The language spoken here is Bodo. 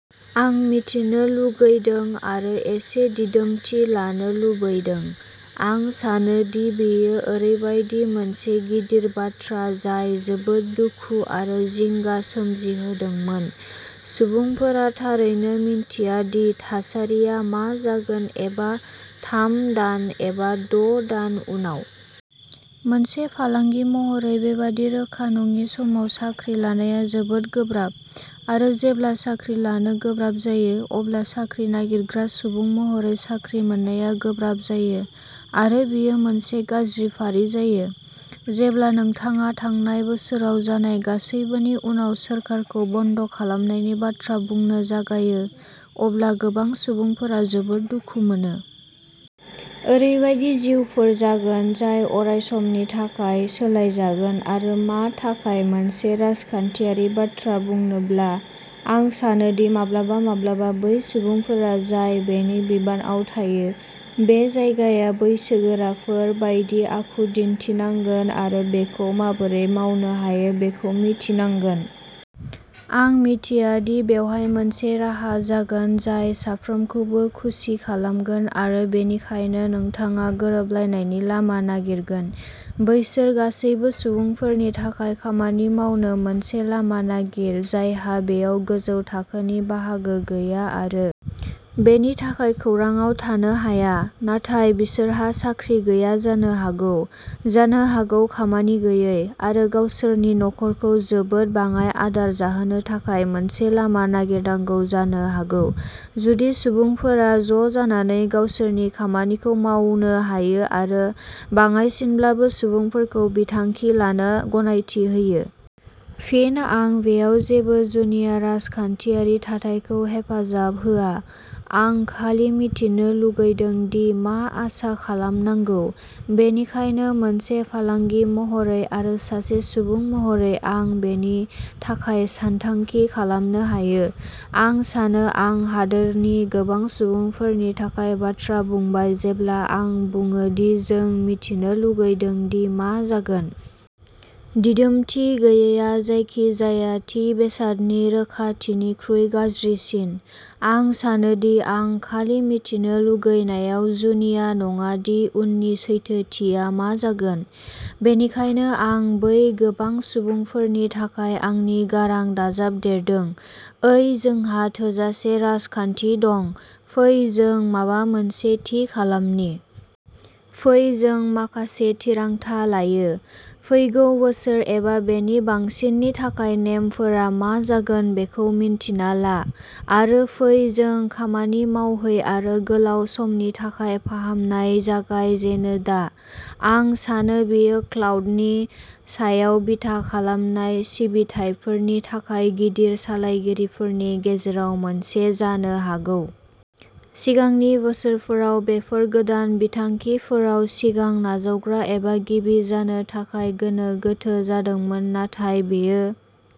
आं मिथिनो लुगैदों आरो एसे दिदोमथि लानो लुबैदों। आं सानो दि बेयो ओरैबायदि मोनसे गिदिर बाथ्रा जाय जोबोद दुखु आरो जिंगा सोमजिहोदोंमोन। सुबुंफोरा थारैनो मिन्थिया दि थासारिया मा जागोन, एबा थाम दान, एबा द' दान उनाव। मोनसे फालांगि महरै बेबादि रोखा नङि समाव साख्रि लानाया जोबोद गोब्राब आरो जेब्ला साख्रि लानो गोब्राब जायो, अब्ला साख्रि नागिरग्रा सुबुं महरै साख्रि मोननाया गोब्राब जायो आरो बेयो मोनसे गाज्रि फारि जायो। जेब्ला नोंथाङा थांनाय बोसोराव जानाय गासैबोनि उनाव सोरखारखौ बन्द खालामनायनि बाथ्रा बुंनो जागायो, अब्ला गोबां सुबुंफोरा जोबोद दुखु मोनो। ओरैबायदि जिउफोर जागोन जाय अरायसमनि थाखाय सोलायजागोन आरो मा थाखाय मोनसे राजखान्थियारि बाथ्रा बुंनोब्ला, आं सानो दि माब्लाबा माब्लाबा बै सुबुंफोरा जाय बेनि बिबानआव थायो। बे जायगाया बैसोगोराफोर बायदि आखु दिन्थिनांगोन आरो बेखौ माबोरै मावनो हायो बेखौ मिथिनांगोन। आं मिथिया दि बेवहाय मोनसे राहा जागोन जाय साफ्रोमखौबो खुसि खालामगोन आरो बेनिखायनो नोंथाङा गोरोबलायनायनि लामा नागिरगोन। बैसोर गासैबो सुबुंफोरनि थाखाय खामानि मावनो मोनसे लामा नागिर, जायहा बेयाव गोजौ थाखोनि बाहागो गैया आरो बेनि थाखाय खौरांआव थानो हाया, नाथाय बिसोरहा साख्रि गैया जानो हागौ, जानो हागौ खामानि गैयै, आरो गावसोरनि नखरखौ जोबोद बाङाय आदार जाहोनो थाखाय मोनसे लामा नागिरनांगौ जानो हागौ, जुदि सुबुंफोरा ज'जानानै गावसोरनि खामानिखौ मावनो हायो आरो बाङाइसिनब्लाबो सुबुंफोरखौ बिथांखि लानो गनायथि होयो। फिन आं बेयाव जेबो जुनिया राजखान्थियारि थाथायखौ हेफाजाब होआ, आं खालि मिथिनो लुगैदों दि मा आसा खालामनांगौ, बेनिखायनो मोनसे फालांगि महरै आरो सासे सुबुं महरै आं बेनि थाखाय सानथांखि खालामनो हायो। आं सानो आं हादोरनि गोबां सुबुंफोरनि थाखाय बाथ्रा बुंबाय जेब्ला आं बुङो दि जों मिथिनो लुगैदों दि मा जागोन। दिदोमथि गैयैआ जायखिजाया थि बेसादनि रोखाथिनिख्रुइ गाज्रिसिन। आं सानो दि आं खालि मिथिनो लुगैनायाव जुनिया नङा दि उननि सैथोथिया मा जागोन। बेनिखायनो आं बै गोबां सुबुंफोरनि थाखाय आंनि गारां दाजाबदेरदों, ओइ जोंहा थोजासे राजखान्थि दं, फै जों माबा मोनसे थि खालामनि। फै जों माखासे थिरांथा लायो, फैगौ बोसोर एबा बेनि बांसिननि थाखाय नेमफोरा मा जागोन बेखौ मिन्थिना ला, आरो फै जों खामानि मावहै आरो गोलाव समनि थाखाय फाहामनाय जागाय जेनो, दा। आं सानो बेयो क्लाउडनि सायाव बिथा खालामनाय सिबिथाइफोरनि थाखाय गिदिर सालायगिरिफोरनि गेजेराव मोनसे जानो हागौ। सिगांनि बोसोरफोराव बेफोर गोदान बिथांखिफोराव सिगां नाजावग्रा एबा गिबि जानो थाखाय गोनो गोथो जादोंमोन, नाथाय बेयो